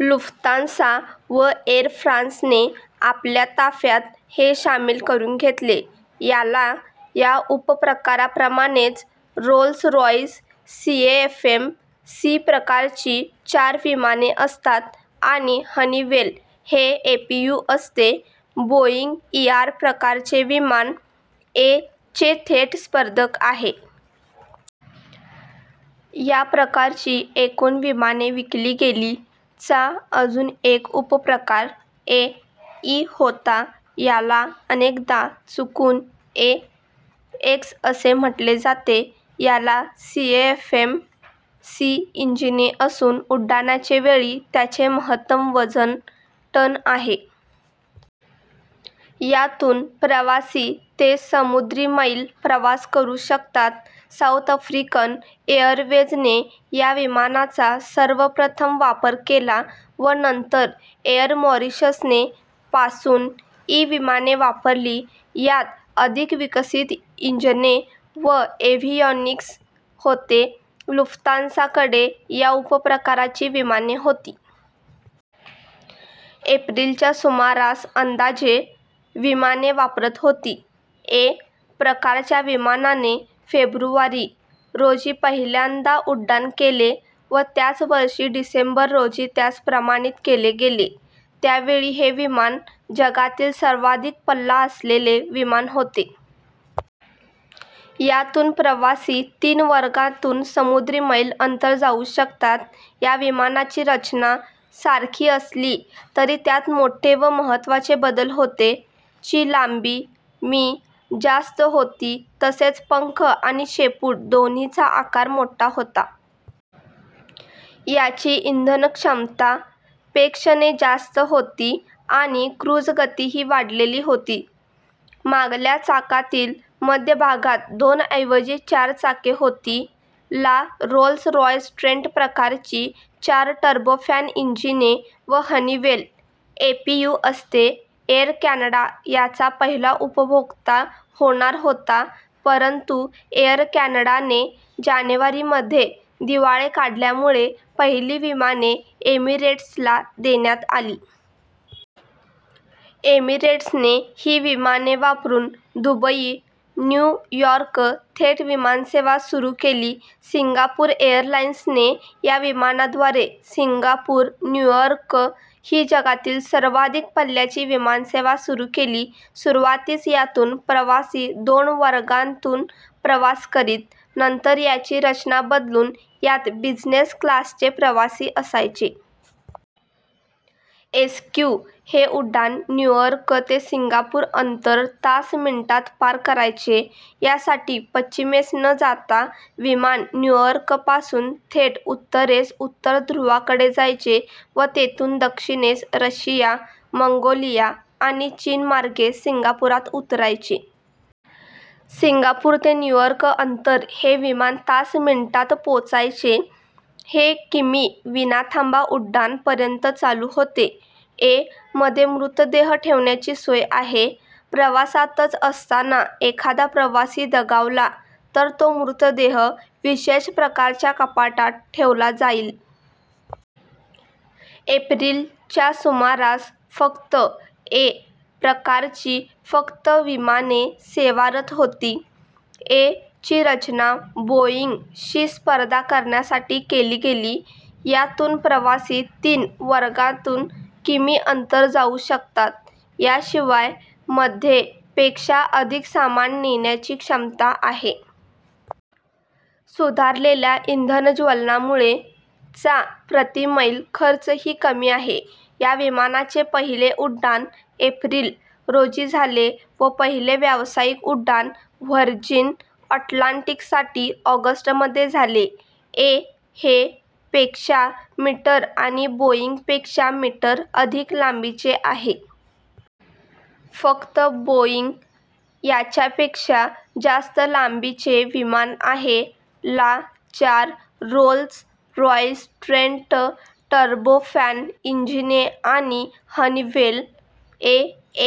Lufthansa व Air फ्रांसने आपल्या ताफ्यात हे शामिल करून घेतले. याला - या उपप्रकाराप्रमाणेच रोल्स रॉइस सीएफएम - सी प्रकारची चार विमाने असतात आणि हनिवेल - हे एपीयू असते. बोईंग - ईआर प्रकारचे विमान ए - चे थेट स्पर्धक आहे. या प्रकारची एकूण विमाने विकली गेली. - चा अजून एक उपप्रकार ए - ई होता. याला अनेकदा चुकून ए- - एक्स असे म्हणले जाते. याला सीएफएम - सी इंजिने असून उड्डाणाचे वेळी त्याचे महत्तम वजन टन आहे. यातून प्रवासी ते समुद्री मैल प्रवास करू शकतात. साउथ आफ्रिकन एरवेझने या विमानाचा सर्वप्रथम वापर केला व नंतर एर मॉरिशसने पासून - ई विमाने वापरली. यांत अधिक विकसित इंजने व एव्हियॉनिक्स होते. लुफ्तांसाकडे या उपप्रकाराची विमाने होती. एप्रिल च्या सुमारास अंदाजे - विमाने वापरात होती. ए - प्रकारच्या विमानाने फेब्रुवारी, रोजी पहिल्यांदा उड्डाण केले व त्याच वर्षी डिसेंबर रोजी त्यास प्रमाणित केले गेले. त्यावेळी हे विमान जगातील सर्वाधिक पल्ला असलेले विमान होते. यातून प्रवासी तीन वर्गांतून समुद्री मैल अंतर जाऊ शकतात. या विमानाची रचना - सारखी असली तरी त्यात मोठे व महत्त्वाचे बदल होते. - ची लांबी. मी जास्त होती तसेच पंख आणि शेपूट दोन्हीचा आकार मोठा होता. याची इंधनक्षमता - पेक्ष ने जास्त होती आणि क्रुझगतीही वाढवलेली होती. मागल्या चाकांतील मध्यभागात दोनऐवजी चार चाके होती. - ला रोल्स रॉइस ट्रेंट प्रकारची चार टर्बोफॅन इंजिने व हनिवेल - एपीयू असते. एर कॅनडा याचा पहिला उपभोक्ता होणार होता परंतु एर कॅनडाने जानेवारी मध्ये दिवाळे काढल्यामुळे पहिली विमाने एमिरेट्सला देण्यात आली. एमिरेट्सने ही विमाने वापरून दुबई न्यू यॉर्क थेट विमानसेवा सुरू केली. सिंगापूर एरलाइन्सने या विमानाद्वारे सिंगापूर न्यूअर्क ही जगातील सर्वाधिक पल्ल्याची विमानसेवा सुरू केली. सुरुवातीस यातून प्रवासी दोन वर्गांतून प्रवास करीत. नंतर याची रचना बदलून यात बिझनेस क्लासचे प्रवासी असायचे. एसक्यू हे उड्डाण न्यूअर्क ते सिंगापूर अंतर तास मिनिटांत पार करायचे. यासाठी पश्चिमेस न जाता विमान न्यूअर्कपासून थेट उत्तरेस उत्तर ध्रुवाकडे जायचे व तेथून दक्षिणेस रशिया, मंगोलिया आणि चीन मार्गे सिंगापूरात उतरायचे. सिंगापूर ते न्यूअर्क अंतर हे विमान तास मिनिटांत पोचायचे. हे किमी विनाथांबा उड्डाण पर्यंत चालू होते. ए - मध्ये मृतदेह ठेवण्याची सोय आहे. प्रवासातच असताना एखादा प्रवासी दगावला तर तो मृतदेह विशेष प्रकारच्या कपाटात ठेवला जाईल. एप्रिल च्या सुमारास फक्त ए - प्रकारची फक्त विमाने सेवारत होती. ए - ची रचना बोईंग शी स्पर्धा करण्यासाठी केली गेली. यातून प्रवासी तीन वर्गांतून किमी अंतर जाऊ शकतात. याशिवाय - मध्ये पेक्षा अधिक सामान नेण्याची क्षमता आहे. सुधारलेल्या इंधनज्वलनामुळे - चा प्रतिमैल खर्चही कमी आहे. या विमानाचे पहिले उड्डाण एप्रिल, रोजी झाले व पहिले व्यावसायिक उड्डाण व्हर्जिन अटलांटिकसाठी ऑगस्ट मध्ये झाले. ए - हे - पेक्षा मीटर आणि बोईंग पेक्षा मीटर अधिक लांबीचे आहे. फक्त बोईंग - याच्यापेक्षा जास्त लांबीचे विमान आहे. - ला चार रोल्स रॉइस ट्रेंट टर्बोफॅन इजिने आणि हनिवेल - ए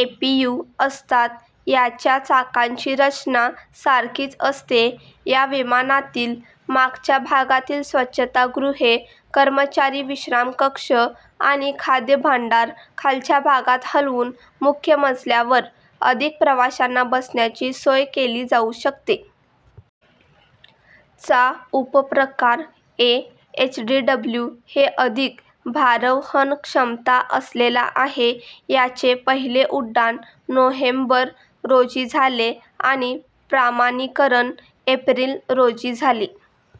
एपीयू असतात. याच्या चाकांची रचना - सारखीच असते. या विमानातील मागच्या भागातील स्वच्छतागृहे, कर्मचारी विश्रामकक्ष आणि खाद्यभांडार खालच्या भागात हलवून मुख्य मजल्यावर अधिक प्रवाशांना बसण्याची सोय केली जाऊ शकते. - चा उपप्रकार ए - एचजीडब्ल्यू हे अधिक भारवहन क्षमता असलेला आहे. याचे पहिले उड्डाण नोव्हेंबर, रोजी झाले आणि प्रमाणीकरण एप्रिल, रोजी झाले.